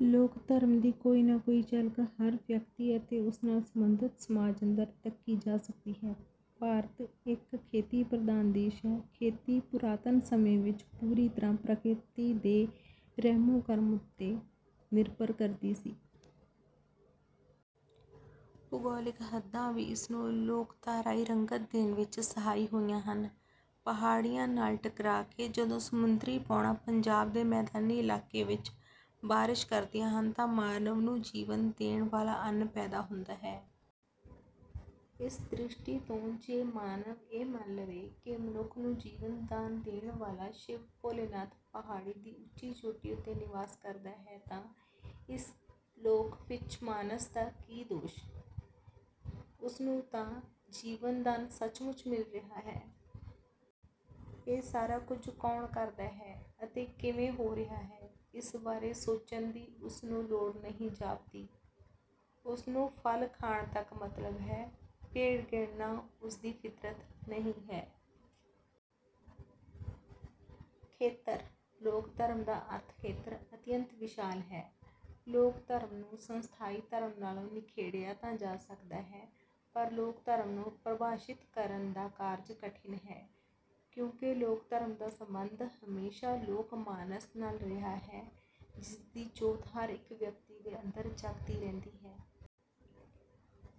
ਲੋਕ ਧਰਮ ਦੀ ਕੋਈ ਨਾ ਕੋਈ ਝਲਕ ਹਰ ਵਿਅਕਤੀ ਅਤੇ ਉਸ ਨਾਲ ਸੰਬੰਧਤ ਸਮਾਜ ਅੰਦਰ ਤੱਕੀ ਜਾ ਸਕਦੀ ਹੈ। ਭਾਰਤ ਇੱਕ ਖੇਤੀ ਪ੍ਰਧਾਨ ਦੇਸ਼ ਹੈ। ਖੇਤੀ ਪੁਰਾਤਨ ਸਮੇਂ ਵਿੱਚ ਪੂਰੀ ਤਰ੍ਹਾਂ ਪ੍ਰਕਿਰਤੀ ਦੇ ਰਹਿਮੋ ਕਰਮ ਉੱਤੇ ਨਿਰਭਰ ਕਰਦੀ ਸੀ। ਭੂਗੋਲਿਕ ਹੱਦਾਂ ਵੀ ਇਸ ਨੂੰ ਲੋਕਧਾਰਾਈ ਰੰਗਤ ਦੇਣ ਵਿੱਚ ਸਹਾਈ ਹੋਈਆਂ ਹਨ। ਪਹਾੜੀਆਂ ਨਾਲ ਟਕਰਾ ਕੇ ਜਦੋਂ ਸਮੁੰਦਰੀ ਪੌਣਾਂ ਪੰਜਾਬ ਦੇ ਮੈਦਾਨੀ ਇਲਾਕੇ ਵਿੱਚ ਬਾਰਿਸ਼ ਕਰਦੀਆਂ ਹਨ ਤਾਂ ਮਾਨਵ ਨੂੰ ਜੀਵਨ ਦੇਣ ਵਾਲਾ ਅੰਨ ਪੈਦਾ ਹੁੰਦਾ ਹੈ। ਇਸ ਦ੍ਰਿਸ਼ਟੀ ਤੋਂ ਜੇ ਮਾਨਵ ਇਹ ਮੰਨ ਲਵੇ ਕਿ ਮਨੁੱਖ ਨੂੰ ਜੀਵਨ ਦਾਨ ਦੇਣ ਵਾਲਾ ਸ਼ਿਵ ਭੋਲੇਨਾਥ ਪਹਾੜੀ ਦੀ ਚੋਟੀ ਉਤੇ ਨਿਵਾਸ ਕਰਦਾ ਹੈ ਤਾਂ ਇਸ ਵਿੱਚ ਲੋਕ ਮਾਨਸ ਦਾ ਕੀ ਦੋਸ਼। ਉਸ ਨੂੰ ਤਾਂ ਜੀਵਨ ਦਾਨ ਸਚਮੁੱਚ ਮਿਲ ਰਿਹਾ ਹੈ। ਇਹ ਸਾਰਾ ਕੁੱਝ ਕੌਣ ਕਰਦਾ ਹੈ ਅਤੇ ਕਿਵੇਂ ਹੋ ਰਿਹਾ ਹੈ। ਇਸ ਬਾਰੇ ਸੋਚਣ ਦੀ ਉਸ ਨੂੰ ਲੋੜ ਹੀ ਨਹੀਂ ਜਾਪਦੀ। ਉਸ ਨੂੰ ਫਲ ਖਾਣ ਤੱਕ ਮਤਲਬ ਹੈ ਪੇੜ ਗਿਣਨਾ ਉਸ ਦੀ ਫਿਤਰਤ ਨਹੀਂ ਹੈ। ਖੇਤਰ। ਲੋਕ ਧਰਮ ਦਾ ਅਰਥ ਖੇਤਰ ਅਤਿਅੰਤ ਵਿਸ਼ਾਲ ਹੈ। ਲੋਕ ਧਰਮ ਨੂੰ ਸੰਸਥਾਈ ਧਰਮ ਨਾਲੋਂ ਨਿਖੇੜਿਆ ਤਾਂ ਜਾ ਸਕਦਾ ਹੈ ਪਰ ਲੋਕ ਧਰਮ ਨੂੰ ਪਰਿਭਾਸ਼ਿਤ ਕਰਨ ਦਾ ਕਾਰਜ ਕਠਿਨ ਹੈ। ਕਿਉਂਕਿ ਲੋਕ ਧਰਮ ਦਾ ਸਬੰਧ ਹਮੇਸ਼ਾ ਲੋਕ ਮਾਨਸ ਨਾਲ ਰਿਹਾ ਹੈ ਜਿਸ ਦੀ ਜੋਤ ਹਰ ਇੱਕ ਵਿਅਕਤੀ ਦੇ ਅੰਦਰ ਜਗਦੀ ਰਹਿੰਦੀ ਹੈ।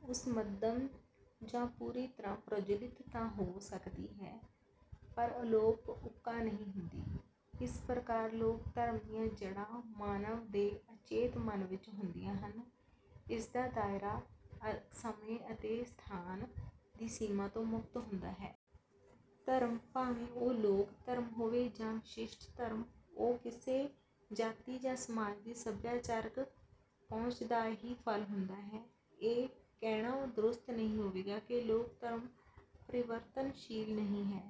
ਉਸ ਮੱਧਮ ਜਾਂ ਪੂਰੀ ਤਰ੍ਹਾਂ ਪ੍ਰਜੁਲਿਤ ਤਾਂ ਹੋ ਸਕਦੀ ਹੈ ਪਰ ਅਲੋਪ ਉੱਕਾ ਨਹੀਂ ਹੁੰਦੀ। ਇਸ ਪ੍ਰਕਾਰ ਲੋਕ ਧਰਮ ਦੀਆਂ ਜੜ੍ਹਾਂ ਮਾਨਵ ਦੇ ਅਚੇਤ ਮਨ ਵਿੱਚ ਹੁੰਦੀਆਂ ਹਨ। ਇਸਦਾ ਦਾਇਰਾ ਸਮੇਂ ਅਤੇ ਸਥਾਨ ਦੀ ਸੀਮਾ ਤੋਂ ਮੁਕਤ ਹੁੰਦਾ ਹੈ। ਧਰਮ ਭਾਵੇਂ ਉਹ ਲੋਕ ਧਰਮ ਹੋਵੇ ਜਾਂ ਵਿਸ਼ਿਸ਼ਟ ਧਰਮ ਉਹ ਕਿਸੇ ਜਾਤੀ ਜਾਂ ਸਮਾਜ ਦੀ ਸਭਿਆਚਾਰਕ ਪਹੁੰਚ ਦਾ ਹੀ ਫਲ ਹੁੰਦਾ ਹੈ। ਇਹ ਕਹਿਣਾ ਦਰੁਸਤ ਨਹੀਂ ਹੋਵੇਗਾ ਕਿ ਲੋਕ ਧਰਮ ਪਰਿਵਰਤਨਸ਼ੀਲ ਨਹੀਂ ਹੈ।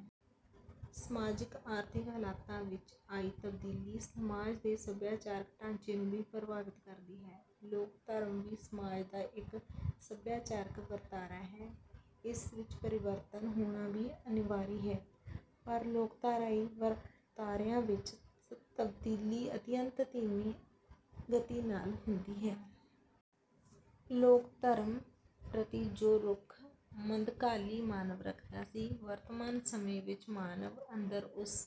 ਸਮਾਜਿਕ ਆਰਥਿਕ ਹਾਲਾਤਾਂ ਵਿੱਚ ਆਈ ਤਬਦੀਲੀ ਸਮਾਜ ਦੇ ਸਭਿਆਚਾਰਕ ਢਾਂਚੇ ਨੂੰ ਵੀ ਪ੍ਰਭਾਵਿਤ ਕਰਦੀ ਹੈ। ਲੋਕ ਧਰਮ ਵੀ ਸਮਾਜ ਦਾ ਇੱਕ ਸਭਿਆਚਾਰਕ ਵਰਤਾਰਾ ਹੈ। ਇਸ ਵਿੱਚ ਪਰਿਵਰਤਨ ਹੋਣਾ ਵੀ ਅਨਿਵਾਰੀ ਹੈ ਪਰ ਲੋਕਧਾਰਾਈ ਵਰਤਾਰਿਆਂ ਵਿੱਚ ਤਬਦੀਲੀ ਅਤਿਅੰਤ ਧੀਮੀ ਗਤੀ ਨਾਲ ਹੁੰਦੀ ਹੈ। ਲੋਕ ਧਰਮ ਪ੍ਰਤੀ ਜੋ ਰੁਖ ਮੱਧਕਾਲੀ ਮਾਨਵ ਰੱਖਦਾ ਸੀ ਵਰਤਮਾਨ ਸਮੇਂ ਵਿੱਚਲੇ ਮਾਨਵ ਅੰਦਰ ਉਸ